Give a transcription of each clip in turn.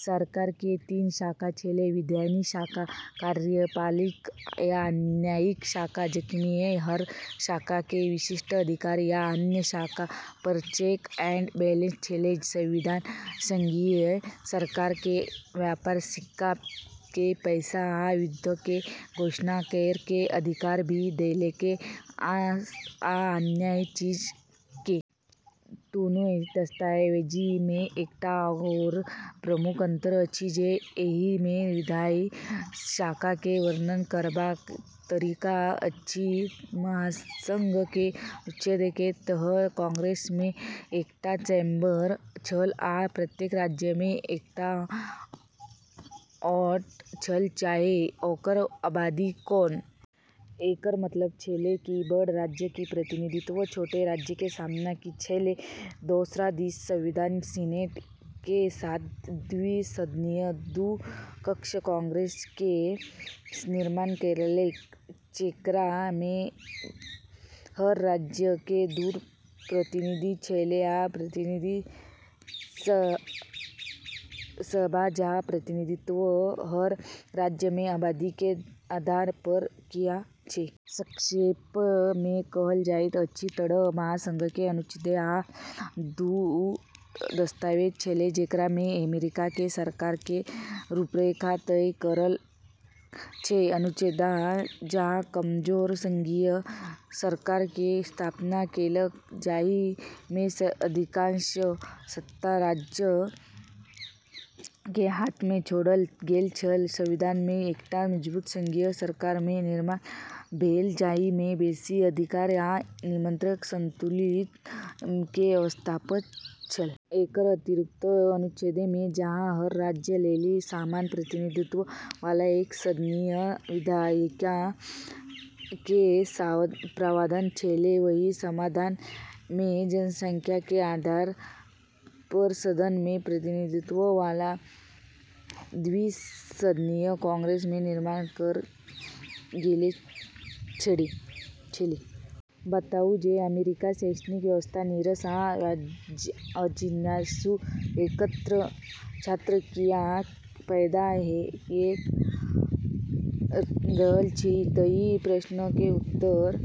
सरकार के तीन शाखा छेलै- विधायी शाखा, कार्यपालिका, आ न्यायिक शाखा- जाहिमे हर शाखा के विशिष्ट अधिकार आ अन्य शाखा पर चेक एंड बैलेंस छेलै। संविधान संघीय सरकार के व्यापार, सिक्का के पैसा, आ युद्ध के घोषणा करै के अधिकार भी देलकै, आ अन्य चीज के। दुनू दस्तावेज मे एकटा आओर प्रमुख अंतर अछि जे एहि मे विधायी शाखा के वर्णन करबाक तरीका अछि। महासंघ के अनुच्छेद के तहत कांग्रेस के एकटा चैम्बर छल आ प्रत्येक राज्य के एकटा वोट छल चाहे ओकर आबादी कोनो हो। एकर मतलब छेलै कि बड़ राज्य के प्रतिनिधित्व छोट राज्य के समान ही छेलै। दोसर दिस संविधान सीनेट के साथ द्वि सदनीय (दू कक्ष) कांग्रेस के निर्माण करलकै, जेकरा मे हर राज्य के दू प्रतिनिधि छेलै, आ प्रतिनिधि सभा, जहाँ प्रतिनिधित्व हर राज्य के आबादी के आधार पर होय छै। संक्षेप मे कहल जाइत अछि तऽ महासंघ के अनुच्छेद आ संविधान दू दस्तावेज छेलै जेकरा मे अमेरिका के सरकार के रूपरेखा तय करल गेल छेलै। अनुच्छेद जहाँ एक कमजोर संघीय सरकार के स्थापना केलक जाहि मे अधिकांश सत्ता राज्य के हाथ मे छोड़ल गेल छल, संविधान मे एकटा मजबूत संघीय सरकार के निर्माण भेल जाहि मे बेसी अधिकार आ नियंत्रण आ संतुलन के व्यवस्था छल। एकर अतिरिक्त, अनुच्छेद मे जहाँ हर राज्य लेली समान प्रतिनिधित्व वाला एक सदनीय विधायिका के प्रावधान छेलै, वहीं संविधान मे जनसंख्या के आधार पर सदन मे प्रतिनिधित्व वाला द्वि सदनीय कांग्रेस के निर्माण करल गेल छेलै। बताउ जे अमेरिकी शैक्षणिक व्यवस्था "नीरस आ अजिज्ञासु" छात्र किएक पैदा क' रहल अछि। एहि प्रश्न के उत्तर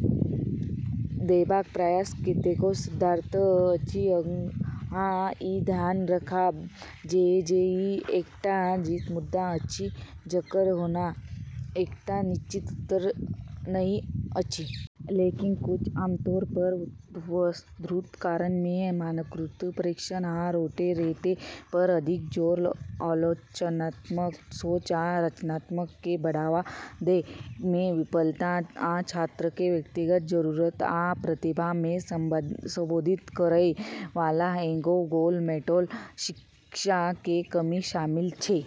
देबाक प्रयास कतेको सिद्धांत अछि, आ ई ध्यान राखब जे ई एकटा जटिल मुद्दा अछि जकर कोनो एकटा निश्चित उत्तर नहि अछि। लेकिन, कुछ आमतौर पर उद्धृत कारण मे मानकीकृत परीक्षण आ रोट रटै पर अधिक जोर, आलोचनात्मक सोच आ रचनात्मकता के बढ़ावा दै मे विफलता, आ छात्र के व्यक्तिगत जरूरत आ प्रतिभा के संबोधित करय वाला एगो गोल-मटोल शिक्षा के कमी शामिल छै।